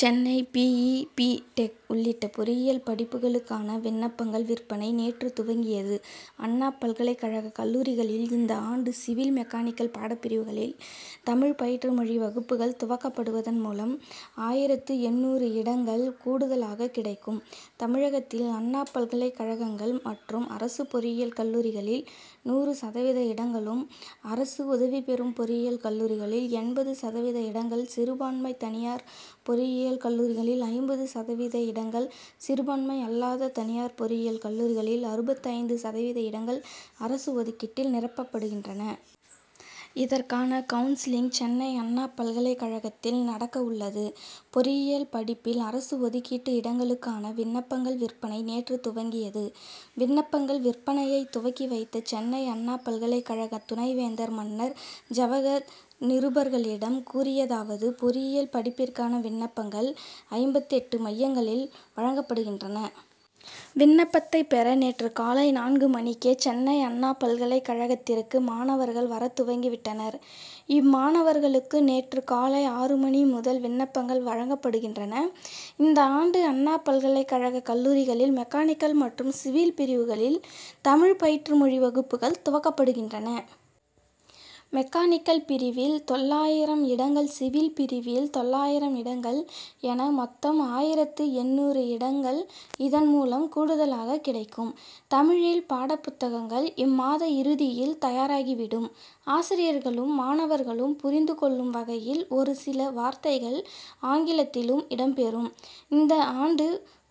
Chennai B. E. B. Tech. உள்ளிட்ட பொறியியல் படிப்புகளுக்கான விண்ணப்பங்கள் விற்பனை நேற்று துவங்கியது. அண்ணா பல்கலைக் கழக கல்லூரிகளில் இந்த ஆண்டு சிவில் மெக்கானிக்கல் பாடப்பிரிவுகளில் தமிழ் பயிற்று மொழி வகுப்புகள் துவக்கப்படுவதன் மூலம் ஆயிரத்து எண்ணூறு இடங்கள் கூடுதலாக கிடைக்கும். தமிழகத்தில் அண்ணா பல்கலைக் கழகங்கள் மற்றும் அரசு பொறியியல் கல்லூரிகளில் நூறு சதவீத இடங்களும் அரசு உதவிபெறும் பொறியியல் கல்லூரிகளில் எண்பது சதவீத இடங்கள் சிறுபான்மை தனியார் பொறியியல் கல்லூரிகளில் ஐம்பது சதவீத இடங்கள் சிறுபான்மை அல்லாத தனியார் பொறியியல் கல்லூரிகளில் அறுபத்தைந்து சதவீத இடங்கள் அரசு ஒதுக்கீட்டில் நிரப்பப்படுகின்றன. இதற்கான கவுன்சிலிங் சென்னை அண்ணா பல்கலைக் கழகத்தில் நடக்கவுள்ளது. பொறியியல் படிப்பில் அரசு ஒதுக்கீட்டு இடங்களுக்கான விண்ணப்பங்கள் விற்பனை நேற்று துவங்கியது. விண்ணப்பங்கள் விற்பனையை துவக்கி வைத்த சென்னை அண்ணா பல்கலைக் கழக துணைவேந்தர் மன்னர் ஜவகர் நிருபர்களிடம் கூறியதாவது பொறியியல் படிப்பிற்கான விண்ணப்பங்கள் ஐம்பத்தெட்டு மையங்களில் வழங்கப்படுகின்றன. விண்ணப்பத்தை பெற நேற்று காலை நான்கு மணிக்கே சென்னை அண்ணா பல்கலைக் கழகத்திற்கு மாணவர்கள் வரத் துவங்கி விட்டனர். இம்மாணவர்களுக்கு நேற்று காலை ஆறு மணி முதல் விண்ணப்பங்கள் வழங்கப்படுகின்றன. இந்த ஆண்டு அண்ணா பல்கலைக் கழக கல்லூரிகளில் மெக்கானிக்கல் மற்றும் சிவில் பிரிவுகளில் தமிழ் பயிற்று மொழி வகுப்புகள் துவக்கப்படுகின்றன. மெக்கானிக்கல் பிரிவில் தொள்ளாயிரம் இடங்கள் சிவில் பிரிவில் தொள்ளாயிரம் இடங்கள் என மொத்தம் ஆயிரத்து எண்ணூறு இடங்கள் இதன்மூலம் கூடுதலாக கிடைக்கும். தமிழில் பாடப்புத்தகங்கள் இம்மாத இறுதியில் தயாராகிவிடும். ஆசிரியர்களும் மாணவர்களும் புரிந்து கொள்ளும் வகையில் ஒரு சில வார்த்தைகள் ஆங்கிலத்திலும் இடம்பெறும். இந்த ஆண்டு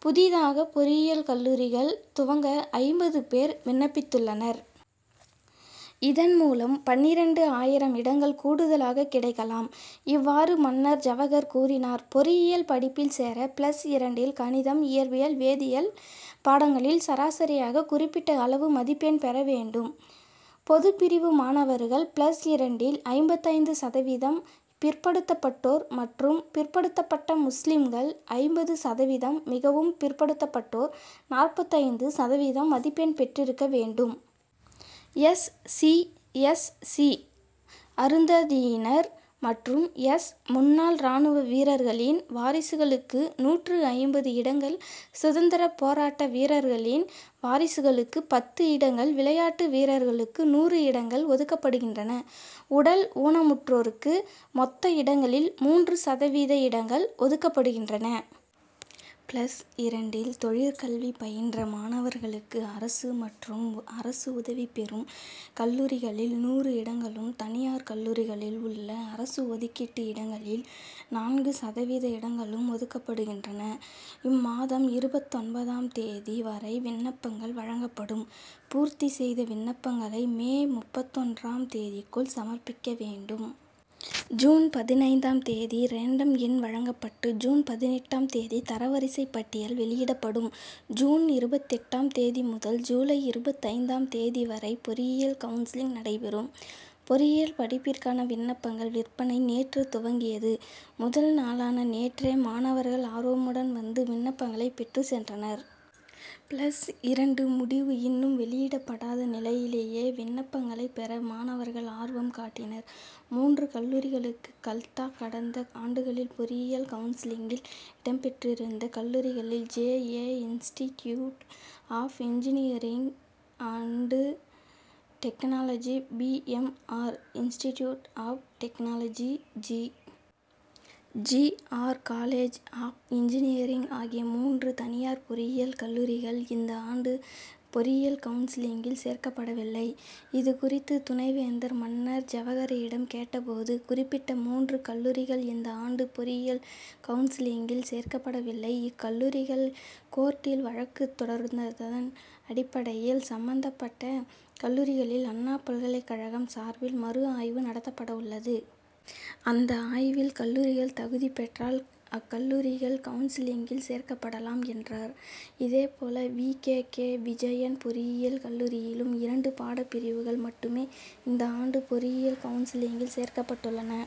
புதிதாக பொறியியல் கல்லூரிகள் துவங்க ஐம்பது பேர் விண்ணப்பித்துள்ளனர். இதன்மூலம் பன்னிரண்டு ஆயிரம் இடங்கள் கூடுதலாக கிடைக்கலாம். இவ்வாறு மன்னர் ஜவகர் கூறினார் பொறியியல் படிப்பில் சேர பிளஸ் இரண்டில் கணிதம் இயற்பியல் வேதியியல் பாடங்களில் சராசரியாக குறிப்பிட்ட அளவு மதிப்பெண் பெற வேண்டும். பொதுப்பிரிவு மாணவர்கள் பிளஸ் இரண்டில் ஐம்பத்தைந்து சதவீதம் பிற்படுத்தப்பட்டோர் மற்றும் பிற்படுத்தப்பட்ட முஸ்லிம்கள் ஐம்பது சதவீதம் மிகவும் பிற்படுத்தப்பட்டோர் நாற்பத்தைந்து சதவீதம் மதிப்பெண் பெற்றிருக்க வேண்டும். எஸ். சி. எஸ். சி. அருந்ததியினர் மற்றும் எஸ். முன்னாள் ராணுவ வீரர்களின் வாரிசுகளுக்கு நூற்று ஐம்பது இடங்கள் சுதந்திரப் போராட்ட வீரர்களின் வாரிசுகளுக்கு பத்து இடங்கள் விளையாட்டு வீரர்களுக்கு நூறு இடங்கள் ஒதுக்கப்படுகின்றன. உடல் ஊனமுற்றோருக்கு மொத்த இடங்களில் மூன்று சதவீத இடங்கள் ஒதுக்கப்படுகின்றன. பிளஸ் இரண்டில் தொழிற்கல்வி பயின்ற மாணவர்களுக்கு அரசு மற்றும் அரசு உதவிபெறும் கல்லூரிகளில் நூறு இடங்களும் தனியார் கல்லூரிகளில் உள்ள அரசு ஒதுக்கீட்டு இடங்களில் நான்கு சதவீத இடங்களும் ஒதுக்கப்படுகின்றன. இம்மாதம் இருபத்தொன்பதாம் தேதி வரை விண்ணப்பங்கள் வழங்கப்படும். பூர்த்தி செய்த விண்ணப்பங்களை மே முப்பத்தொன்றாம் தேதிக்குள் சமர்ப்பிக்க வேண்டும். ஜூன் பதினைந்தாம் தேதி ரேண்டம் எண் வழங்கப்பட்டு ஜூன் பதினெட்டாம் தேதி தரவரிசைப் பட்டியல் வெளியிடப்படும். ஜூன் இருபத்தெட்டாம் தேதி முதல் ஜூலை இருபத்தைந்தாம் தேதி வரை பொறியியல் கவுன்சிலிங் நடைபெறும். பொறியியல் படிப்பிற்கான விண்ணப்பங்கள் விற்பனை நேற்று துவங்கியது. முதல் நாளான நேற்றே மாணவர்கள் ஆர்வமுடன் வந்து விண்ணப்பங்களை பெற்றுச் சென்றனர். பிளஸ் இரண்டு முடிவு இன்னும் வெளியிடப்படாத நிலையிலேயே விண்ணப்பங்களை பெற மாணவர்கள் ஆர்வம் காட்டினர். மூன்று கல்லூரிகளுக்கு கல்தா கடந்த ஆண்டுகளில் பொறியியல் கவுன்சிலிங்கில் இடம்பெற்றிருந்த கல்லூரிகளில் J. A. Institute of engineering and technology P. M. R. Institute of technology G. G. R. College of engineering ஆகிய மூன்று தனியார் பொறியியல் கல்லூரிகள் இந்த ஆண்டு பொறியியல் கவுன்சிலிங்கில் சேர்க்கப்படவில்லை. இதுகுறித்து துணைவேந்தர் மன்னர் ஜவகரிடம் கேட்டபோது குறிப்பிட்ட மூன்று கல்லூரிகள் இந்த ஆண்டு பொறியியல் கவுன்சிலிங்கில் சேர்க்கப்படவில்லை. இக்கல்லூரிகள் கோர்ட்டில் வழக்கு தொடர்ந்ததன் அடிப்படையில் சம்பந்தப்பட்ட கல்லூரிகளில் அண்ணா பல்கலைக் கழகம் சார்பில் மறு ஆய்வு நடத்தப்படவுள்ளது. அந்த ஆய்வில் கல்லூரிகள் தகுதி பெற்றால் அக்கல்லூரிகள் கவுன்சிலிங்கில் சேர்க்கப்படலாம் என்றார். இதேபோல வி. கே. கே. விஜயன் பொறியியல் கல்லூரியிலும் இரண்டு பாடப்பிரிவுகள் மட்டுமே இந்த ஆண்டு பொறியியல் கவுன்சிலிங்கில் சேர்க்கப்பட்டுள்ளன.